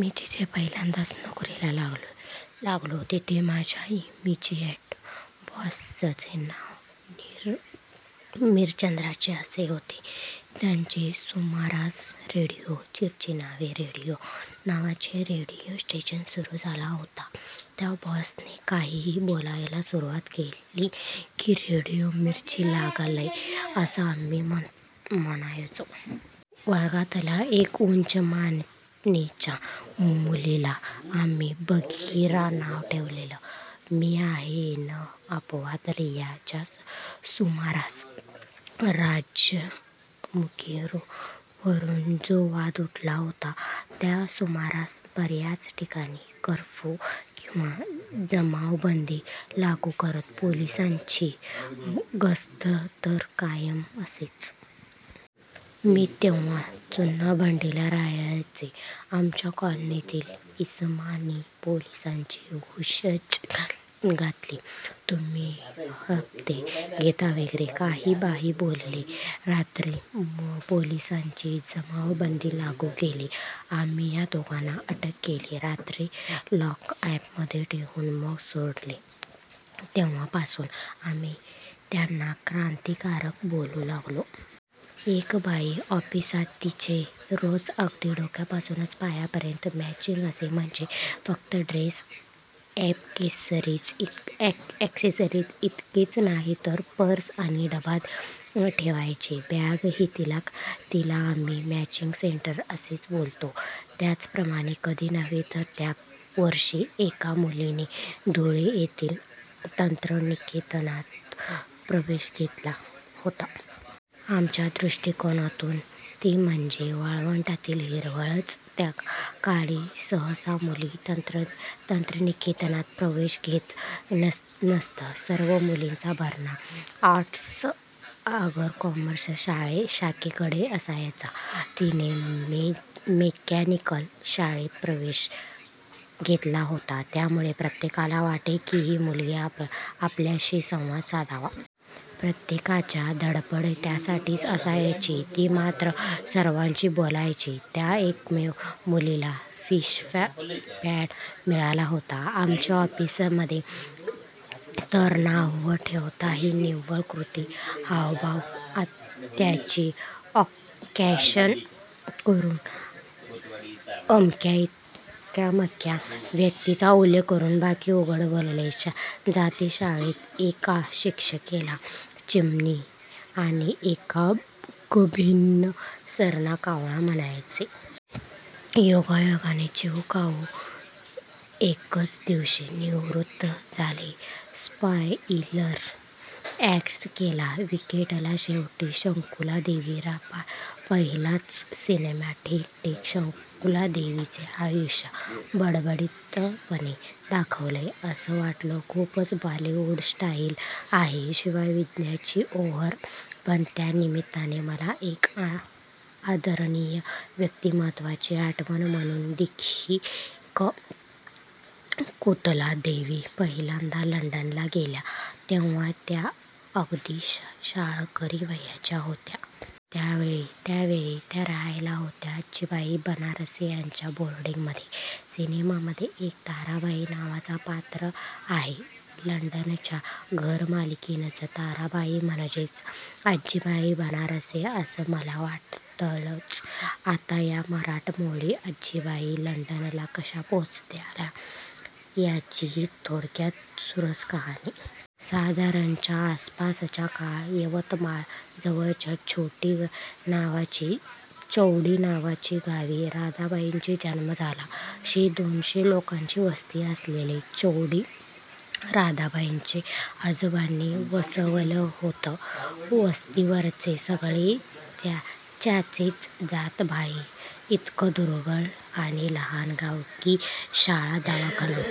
मी जिथे पहिल्यांदा नोकरीला लागलो तिथे माझ्या इमिजियेट बॉसचे नाव मिरचंदानी असे होते. त्याच सुमारास रेडिओ मिर्ची नावाचे रेडीओ स्टेशन सुरू झाला होता. त्या बॉसने काहीही बोलायला सुरवात केली की रेडिओ मिर्ची लागलंय असं आम्ही म्हणायचो. वर्गातल्या एका उंच मानेच्या मुलीला आम्ही बगीरा नाव ठेवलेलं. मी आहे न अपवाद रीया. च्या सुमारास रामजन्मभूमीवरुन जो वाद उठला होता त्या सुमारास बर्याच ठिकाणी कर्फ्यू किंवा जमावबंदी लागू करत. पोलिसांची गस्त तर कायम असे. मी तेव्हा चुनाभट्टीला रहायचे. आमच्या कॉलनीतील इसमांनी पोलिसांशी हुज्ज्त घातली, तुम्ही हप्ते घेता वगैरे काही-बाही बोलले. रात्री पोलिसांनी जमावबंदी लागू केली आणि या दोघाना अटक केली. रात्री लॉकाअपमध्ये ठेवून मग सोडले. तेव्हापासून आम्ही त्यांना क्रांतिकारक बोलू लागलो. एक बाई आहे ऑफिसात तिचे रोज अगदी डोक्यापासून पायापर्यंत मॅचिंग असते. म्हणजे फक्त ड्रेस, अॅक्सेसरीज इतकेच नाही, तर पर्स आणि डबा ठेवायची बॅगही. तिला आम्ही "मॅचिंग सेंटर" असेच बोलतो. त्याचप्रमाणे, कधी नव्हे तर त्यावर्षी, एका मुलीने, धुळे येथील तंत्रनिकेतनात, प्रवेश घेतला होता. आमच्या द्रुष्टिकोनातुन ती म्हणजे ' वाळवंटातील हिरवळच!! ' त्याकाळी सहसा मुली तंत्रनिकेतनात प्रवेश घेत नसत. सर्व मुलींचा भरणा आर्ट्स अगर कॉमर्स शाखेकडे असायचा! तीने मे़कॅनिकल शाखेत प्रवेश घेतला होता. त्यामुळे प्रत्येकाला वाटे की त्या मुलीने आपल्याशी संवाद साधावा. प्रत्येकाची धड्पड त्यासाठीच असायची. ती मात्र सर्वांशी बोलायची. त्या एकमेव मुलीला फिशपाँड मिळाला होता. "आमच्या ऑफिसमधे तर नाव न ठेवताही "निव्वळ कृती"/"हावभाव" ाताची अॅक्शन करुन अमक्यातमक्या व्यक्तीचा उल्लेख करुन बाकी उघड बोलले जातेशाळेत येका शिक्षिकेला "चिमणी" आणि येका कभिन्न सरना कावळा म्हणायचे. योगायोगाने चिवू काऊ येकच दिवशी निवृत्त झाले. स्पॉइलेर अलर्ट गेल्या वीकेंडला शेवटी शकुंतलादेवी पाहिलाच. सिनेमा ठीकठाक. शकुंतलादेवींचं आयुष्य बटबटीतपणे दाखवलंय, असं वाटलं. खूपच बॉलीवूड स्टाईल आहे. शिवाय विद्याची ओव्हर! पण त्या निमित्ताने मला एका आदरणीय व्यक्तिमत्वाची आठवण करून दिलीशकुंतला देवी पहिल्यांदा लंडनला गेल्या तेव्हा त्या अगदी शाळकरी वयाच्या होत्या. त्यावेळी त्या रहायला होत्या आजीबाई बनारसे यांच्या बोर्डिंग मध्ये. सिनेमा मध्ये एक ताराबाई नावाचं पात्र आहे लंडनच्या घर मालकिणीचं. ताराबाई म्हणजेच आजीबाई बनारसे, असं मला वाटतंय. आता या मराठमोळ्या आजीबाई लंडनला कशा पोहचल्या, याची ही थोडक्यात सुरस कहाणी. साधारण च्या आसपासचा काळ. यवतमाळ जवळच्या चौंडी नावाच्या गावी राधाबाईचा जन्म झाला. शे- दोनशे लोकांची वस्ती असलेलं चौंडी राधाबाईंच्या आजोबांनी वसवलं होतं. वस्तीवरचे सगळे त्यांचेच जातभाई. इतकं दुर्गम आणि लहान गाव की शाळा, दवाखाना